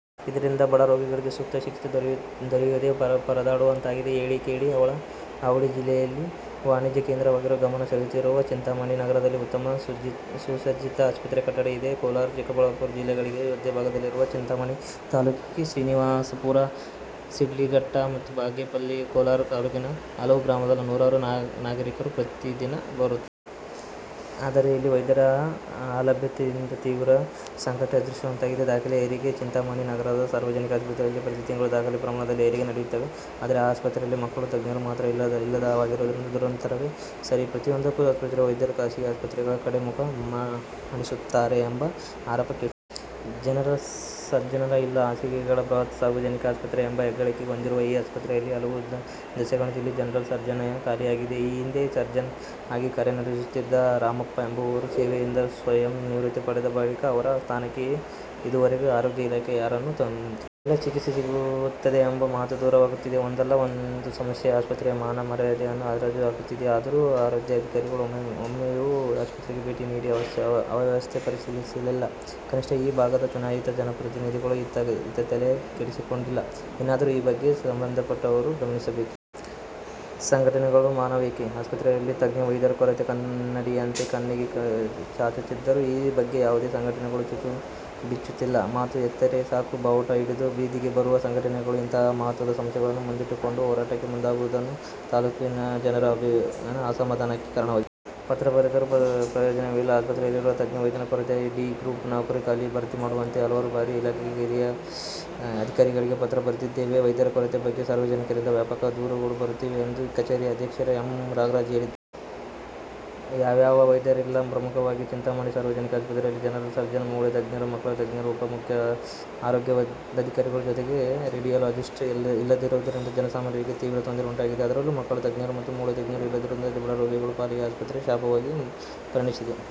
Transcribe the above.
ಇದರಿಂದ ಬಡ ರೋಗಿಗಳಿಗೆ ಸೂಕ್ತ ಚಿಕಿತ್ಸೆ ದೊರೆಯದೇ ಪರದಾಡುವಂತಾಗಿದೆ. ಹೇಳಿ, ಕೇಳಿ ಅವಳಿ ಜಿಲ್ಲೆಯಲ್ಲಿಯೇ ವಾಣಿಜ್ಯ ಕೇಂದ್ರವಾಗಿರುವ ಗಮನ ಸೆಳೆದಿರುವ ಚಿಂತಾಮಣಿ ನಗರದಲ್ಲಿ ಉತ್ತಮ ಸುಸಜ್ಜಿತ ಆಸ್ಪತ್ರೆ ಕಟ್ಟಡ ಇದೆ. ಕೋಲಾರ-ಚಿಕ್ಕಬಳ್ಳಾಪುರ ಜಿಲ್ಲೆಗಳಿಗೆ ಮಧ್ಯಭಾಗದಲ್ಲಿರುವ ಚಿಂತಾಮಣಿ ತಾಲೂಕಿಗೆ ಶ್ರೀನಿವಾಸಪುರ, ಶಿಡ್ಲಘಟ್ಟ, ಬಾಗೇಪಲ್ಲಿ, ಕೋಲಾರ ತಾಲೂಕಿನ ಹಲವು ಗ್ರಾಮಗಳ ನೂರಾರು ನಾಗರಿಕರು ಪ್ರತಿದಿನ ಬರುತ್ತಾರೆ. ಆದರೆ ಇಲ್ಲಿ ವೈದ್ಯರ ಅಲಭ್ಯತೆಯಿಂದ ತೀವ್ರ ಸಂಕಷ್ಟ ಎದುರಿಸುವಂತಾಗಿದೆ. ದಾಖಲೆಯ ಹೆರಿಗೆ: ಚಿಂತಾಮಣಿ ನಗರದ ಸಾರ್ವಜನಿಕ ಆಸ್ಪತ್ರೆಯಲ್ಲಿ ಪ್ರತಿ ತಿಂಗಳು ದಾಖಲೆ ಪ್ರಮಾಣದಲ್ಲಿ ಹೆರಿಗೆ ನಡೆಯುತ್ತೇವೆ. ಆದರೆ ಈ ಆಸ್ಪತ್ರೆಯಲ್ಲಿ ಮಕ್ಕಳ ತಜ್ಞರು ಮಾತ್ರ ಇಲ್ಲವಾಗಿರುವುದು ದುರಂತವೇ ಸರಿ. ಪ್ರತಿಯೊಂದಕ್ಕೂ ಆಸ್ಪತ್ರೆಯ ವೈದ್ಯರು ಖಾಸಗಿ ಆಸ್ಪತ್ರೆಗಳ ಕಡೆ ಮುಖ ಮಾಡಿಸುತ್ತಾರೆ ಎಂಬ ಆರೋಪ ಕೇಳಿಬಂದಿದೆ. ಜನರಲ್ ಸರ್ಜನ್ ಇಲ್ಲ: ಹಾಸಿಗೆಗಳ ಬೃಹತ್ ಸಾರ್ವಜನಿಕ ಆಸ್ಪತ್ರೆ ಎಂಬ ಹೆಗ್ಗಳಿಕೆ ಹೊಂದಿರುವ ಈ ಆಸ್ಪತ್ರೆಯಲ್ಲಿ ಹಲವು ದಶಕಗಳಿಂದ ಇಲ್ಲಿ ಜನರಲ್ ಸರ್ಜನ್ ಖಾಲಿಯಾಗಿದೆ. ಈ ಹಿಂದೆ ಸರ್ಜನ್ ಆಗಿ ಕಾರ್ಯನಿರ್ವಹಿಸುತ್ತಿದ್ದ ರಾಮಪ್ಪಎಂಬುವರು ಸೇವೆಯಿಂದ ಸ್ವಯಂ ನಿವೃತ್ತಿ ಪಡೆದ ಬಳಿಕ ಅವರ ಸ್ಥಾನಕ್ಕೆ ಇದುವರೆಗೂ ಆರೋಗ್ಯ ಇಲಾಖೆ ಯಾರನ್ನು ತುಂಬಿಲ್ಲ. ಒಳ್ಳೆ ಚಿಕಿತ್ಸೆ ಸಿಗುತ್ತದೆಯೆಂಬ ಮಾತು ದೂರವಾಗುತ್ತಿದೆ. ಒಂದಲ್ಲ ಒಂದು ಸಮಸ್ಯೆ ಆಸ್ಪತ್ರೆಯ ಮಾನ ಮರ್ಯಾದೆಯನ್ನು ಹರಾಜು ಹಾಕುತ್ತಿದೆ. ಆದರೂ ಆರೋಗ್ಯಾಧಿಕಾರಿಗಳು ಒಮ್ಮೆಯೂ ಆಸ್ಪತ್ರೆಗೆ ಭೇಟಿ ನೀಡಿ ಅವ್ಯವಸ್ಥೆ ಪರಿಶೀಲಿಸಿಲ್ಲ. ಕನಿಷ್ಠ ಈ ಭಾಗದ ಚುನಾಯಿತ ಜನಪ್ರತಿನಿಧಿಗಳು ಇತ್ತ ತಲೆ ಕೆಡಿಸಿಕೊಂಡಿಲ್ಲ. ಇನ್ನಾದರೂ ಈ ಬಗ್ಗೆ ಸಂಬಂಧಪಟ್ಟವರು ಗಮನಿಸಬೇಕಿದೆ. ಸಂಘಟನೆಗಳ ಮೌನವೇಕೆ?: ಆಸ್ಪತ್ರೆಯಲ್ಲಿ ತಜ್ಞ ವೈದ್ಯರ ಕೊರತೆ ಕನ್ನಡಿಯಂತೆ ಕಣ್ಣಿಗೆ ರಾಚುತ್ತಿದ್ದರೂ ಈ ಬಗ್ಗೆ ಯಾವುದೇ ಸಂಘಟನೆಗಳು ತುಟಿ ಬಿಚ್ಚುತ್ತಿಲ್ಲ. ಮಾತು ಎತ್ತರೆ ಸಾಕು ಬಾವುಟ ಹಿಡಿದು ಬೀದಿಗೆ ಬರುವ ಸಂಘಟನೆಗಳು ಇತಂಹ ಮಹತ್ವದ ಸಮಸ್ಯೆಗಳನ್ನು ಮುಂದಿಟ್ಟುಕೊಂಡು ಹೋರಾಟಕ್ಕೆ ಮುಂದಾಗದಿರುವುದು ತಾಲೂಕಿನ ಜನರ ಅಸಮಾಧಾನಕ್ಕೆ ಕಾರಣವಾಗಿದೆ. ಪತ್ರ ಬರೆದರೂ ಪ್ರಯೋಜನವಿಲ್ಲ: ಆಸ್ಪತ್ರೆಯಲ್ಲಿರುವ ತಜ್ಞ ವೈದ್ಯರ ಕೊರತೆ ಹಾಗೂ ಡಿ ಗ್ರೂಪ್ ನೌಕರರ ಖಾಲಿ ಭರ್ತಿ ಮಾಡುವಂತೆ ಹಲವಾರು ಬಾರಿ ಇಲಾಖೆಗೆ ಹಿರಿಯ ಅಧಿಕಾರಿಗಳಿಗೆ ಪತ್ರ ಬರೆದಿದ್ದೇವೆ. ವೈದ್ಯರ ಕೊರತೆ ಬಗ್ಗೆ ಸಾರ್ವಜನಿಕರಿಂದ ವ್ಯಾಪಕ ದೂರುಗಳು ಬರುತ್ತಿವೆ ಎಂದು ಕಚೇರಿ ಅಧೀಕ್ಷಕ ಎಂ. ನಾಗರಾಜ್ ಹೇಳಿದ್ದಾರೆ. ಯಾವ್ಯಾವ ವೈದ್ಯರಿಲ್ಲ? ಪ್ರಮುಖವಾಗಿ ಚಿಂತಾಮಣಿ ಸಾರ್ವಜನಿಕ ಆಸ್ಪತ್ರೆಯಲ್ಲಿ ಜನರಲ್ ಸರ್ಜನ್, ಮೂಳೆ ತಜ್ಞರು, ಮಕ್ಕಳ ತಜ್ಞರು, ಉಪ ಮುಖ್ಯ ಆರೋಗ್ಯಾಧಿಕಾರಿಗಳು ಜೊತೆಗೆ ರೆಡಿಯಾಲಾಜಿಸ್ಟ್ ಇಲ್ಲದಿರುವುದರಿಂದ ಜನ ಸಾಮಾನ್ಯರಿಗೆ ತೀವ್ರ ತೊಂದರೆ ಉಂಟಾಗಿದೆ. ಅದರಲ್ಲೂ ಮಕ್ಕಳ ತಜ್ಞರು ಹಾಗೂ ಮೂಳೆ ತಜ್ಞರು ಇಲ್ಲದಿರುವುದು ಬಡ ರೋಗಿಗಳು ಪಾಲಿಗೆ ಆಸ್ಪತ್ರೆ ಶಾಪವಾಗಿ ಪರಿಣಮಿಸಿದೆ.